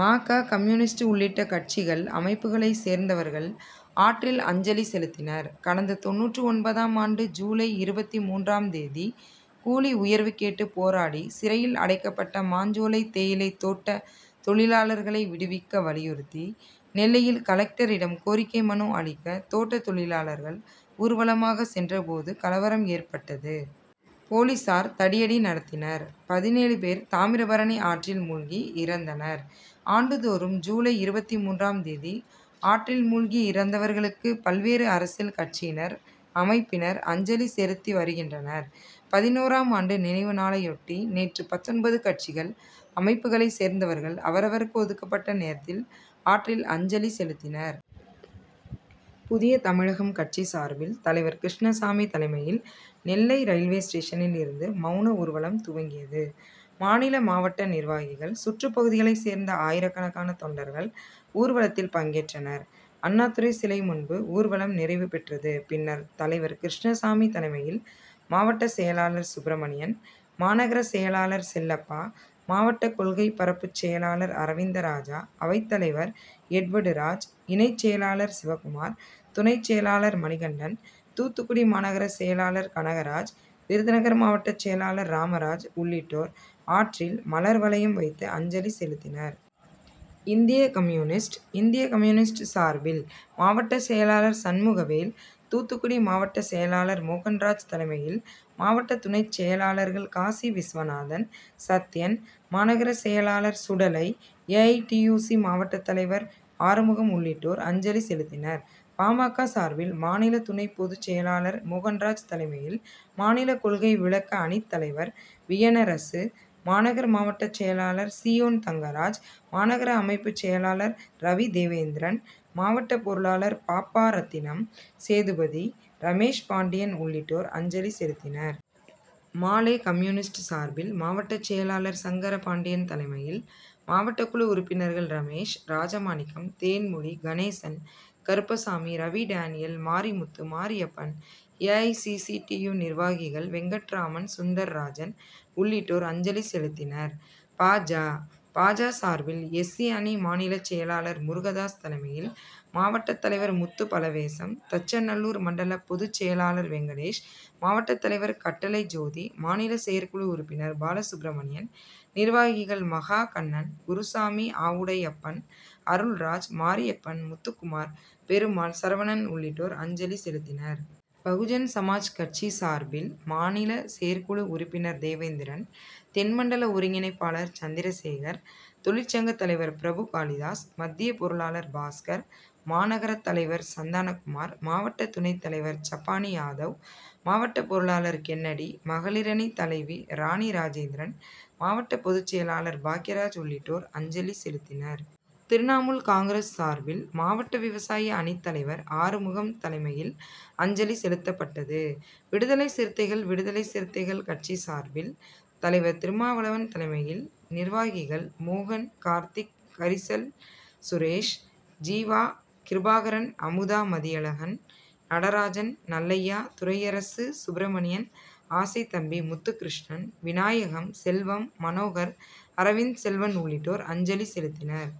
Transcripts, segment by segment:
ம. க. கம்யூ. உள்ளிட்ட கட்சிகள், அமைப்புக்களை சேர்ந்தவர்கள் ஆற்றில் அஞ்சலி செலுத்தினர். கடந்த தொண்ணூற்று ஒன்பதாம் ஆண்டு ஜூலை இருபத்து மூன்றாம் தேதி கூலிஉயர்வு கேட்டு போராடி சிறையில் அடைக்கப்பட்ட மாஞ்சோலை தேயிலை தோட்ட தொழிலாளர்களை விடுவிக்க வலியுறுத்தி நெல்லையில் கலெக்டரிடம் கோரிக்கை மனு அளிக்க தோட்ட தொழிலாளர்கள் ஊர்வலமாக சென்ற போது கலவரம் ஏற்பட்டது. போலீசார் தடியடி நடத்தினர். பதினேழு பேர் தாமிரபரணி ஆற்றில் மூழ்கி இறந்தனர். ஆண்டுதோறும் ஜூலை இருபத்து மூன்றாம் தேதி ஆற்றில் மூழ்கி இறந்தவர்களுக்கு பல்வேறு அரசியல்கட்சியினர், அமைப்பினர் அஞ்சலி செலுத்திவருகின்றனர். பதினோராம் ஆண்டு நினைவுநாளையொட்டி நேற்று பத்தொன்பது கட்சிகள், அமைப்புக்களை சேர்ந்தவர்கள் அவரவர்க்கு ஒதுக்கப்பட்ட நேரத்தில் ஆற்றில் அஞ்சலி செலுத்தினர். புதிய தமிழகம் கட்சி சார்பில் தலைவர் கிருஷ்ணசாமி தலைமையில் நெல்லை ரயில்வே ஸ்டேஷனில் இருந்து மவுன ஊர்வலம் துவங்கியது. மாநில, மாவட்ட நிர்வாகிகள், சுற்றுப்பகுதிகளை சேர்ந்த ஆயிரக்கணக்கான தொண்டர்கள் ஊர்வலத்தில் பங்கேற்றனர். அண்ணாத்துரை சிலை முன்பு ஊர்வலம் நிறைவு பெற்றது. பின்னர் தலைவர் கிருஷ்ணசாமி தலைமையில் மாவட்டச்செயலாளர் சுப்பிரமணியன், மாநகர செயலாளர் செல்லப்பா, மாவட்ட கொள்கை பரப்புச்செயலாளர் அரவிந்தராஜா, அவைத்தலைவர் எட்வர்டுராஜ், இணைச்செயலாளர் சிவக்குமார், துணைச்செயலாளர் மணிகண்டன், தூத்துக்குடி மாநகர செயலாளர் கனகராஜ், விருதுநகர் மாவட்டச்செயலாளர் ராமராஜ் உள்ளிட்டோர் ஆற்றில் மலர்வளையம் வைத்து அஞ்சலி செலுத்தினர். இந்திய கம்யூ. இந்திய கம்யூ. சார்பில் மாவட்டச்செயலாளர் சண்முகவேல், தூத்துக்குடி மாவட்டச்செயலாளர் மோகன்ராஜ் தலைமையில் மாவட்ட துணைச்செயலாளர்கள் காசிவிஸ்வநாதன், சத்யன், மாநகர செயலாளர் சுடலை, ஏஐடியுசி. மாவட்டத்தலைவர் ஆறுமுகம் உள்ளிட்டோர் அஞ்சலி செலுத்தினர். பா. ம. க. சார்பில் மாநில துணைப்பொதுச்செயலாளர் மோகன்ராஜ் தலைமையில் மாநில கொள்கை விளக்க அணித்தலைவர் வியனரசு, மாநகர் மாவட்டச்செயலாளர் சீயோன் தங்கராஜ், மாநகர அமைப்புச்செயலாளர் ரவிதேவேந்திரன், மாவட்ட பொருளாளர் பாப்பாரத்தினம், சேதுபதி, ரமேஷ்பாண்டியன் உள்ளிட்டோர் அஞ்சலி செலுத்தினர். மா. லெ. கம்யூ. சார்பில் மாவட்டச்செயலாளர் சங்கரபாண்டியன் தலைமையில் மாவட்டக்குழு உறுப்பினர்கள் ரமேஷ், ராஜமாணிக்கம், தேன்மொழி, கணேசன், கருப்பசாமி, ரவிடேனியல், மாரிமுத்து, மாரியப்பன், ஏஐசிசிடியு. நிர்வாகிகள் வெங்கட்ராமன், சுந்தர்ராஜன் உள்ளிட்டோர் அஞ்சலி செலுத்தினர். பா. ஜ. பா. ஜ. சார்பில் எஸ். சி. அணி மாநிலச்செயலாளர் முருகதாஸ் தலைமையில் மாவட்டத்தலைவர் முத்துபலவேசம், தச்சநல்லூர் மண்டல பொதுச்செயலாளர் வெங்கடேஷ், மாவட்டத்தலைவர் கட்டளை ஜோதி, மாநில செயற்குழு உறுப்பினர் பாலசுப்பிரமணியன், நிர்வாகிகள் மகா கண்ணன், குருசாமி, ஆவுடையப்பன், அருள்ராஜ், மாரியப்பன், முத்துக்குமார், பெருமாள், சரவணன் உள்ளிட்டோர் அஞ்சலி செலுத்தினர். பகுஜன்சமாஜ் கட்சி சார்பில் மாநில செயற்குழு உறுப்பினர் தேவேந்திரன், தென் மண்டல ஒருங்கிணைப்பாளர் சந்திரசேகர், தொழிற்சங்கத்தலைவர் பிரபுகாளிதாஸ், மத்திய பொருளாளர் பாஸ்கர், மாநகரத்தலைவர் சந்தானக்குமார், மாவட்ட துணைத்தலைவர் சப்பாணியாதவ், மாவட்ட பொருளாளர் கென்னடி, மகளிரணி தலைவி ராணி ராஜேந்திரன், மாவட்ட பொதுச்செயலாளர் பாக்கியராஜ் உள்ளிட்டோர் அஞ்சலி செலுத்தினர். திரிணாமூல் காங். சார்பில் மாவட்ட விவசாய அணித்தலைவர் ஆறுமுகம் தலைமையில் அஞ்சலி செலுத்தப்பட்டது. விடுதலை சிறுத்தைகள் விடுதலை சிறுத்தைகள் கட்சி சார்பில் தலைவர் திருமாவளவன் தலைமையில் நிர்வாகிகள் மோகன், கார்த்திக், கரிசல் சுரேஷ், ஜீவா, கிருபாகரன், அமுதா மதியழகன், நடராஜன், நல்லையா, துரையரசு, சுப்பிரமணியன், ஆசைத்தம்பி, முத்துக்கிருஷ்ணன், விநாயகம் செல்வம், மனோகர், அரவிந்த்செல்வன் உள்ளிட்டோர் அஞ்சலி செலுத்தினர்.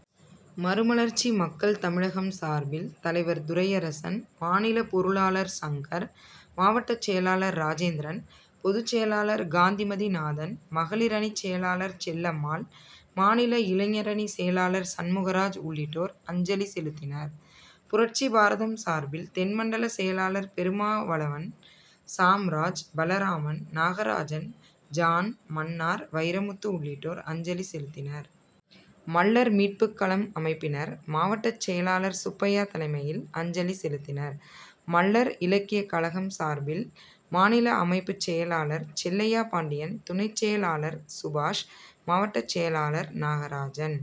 மறுமலர்ச்சி மக்கள் தமிழகம் சார்பில் தலைவர் துரையரசன், மாநில பொருளாளர் சங்கர், மாவட்டச்செயலாளர் ராஜேந்திரன், பொதுச்செயலாளர் காந்திமதிநாதன், மகளிர் அணிச்செயலாளர் செல்லம்மாள், மாநில இளைஞரணி செயலாளர் சண்முகராஜ் உள்ளிட்டோர் அஞ்சலி செலுத்தினர். புரட்சிபாரதம் சார்பில் தென் மண்டல செயலாளர் பெருமாவளவன், சாம்ராஜ், பலராமன், நாகராஜன், ஜான், மன்னார், வைரமுத்து உள்ளிட்டோர் அஞ்சலி செலுத்தினர். மள்ளர் மீட்புக்களம் அமைப்பினர் மாவட்டச்செயலாளர் சுப்பையா தலைமையில் அஞ்சலி செலுத்தினர். மள்ளர் இலக்கியக்கழகம் சார்பில் மாநில அமைப்புச்செயலாளர் செல்லையா பாண்டியன், துணைச்செயலாளர் சுபாஷ், மாவட்டச்செயலாளர் நாகராஜன்,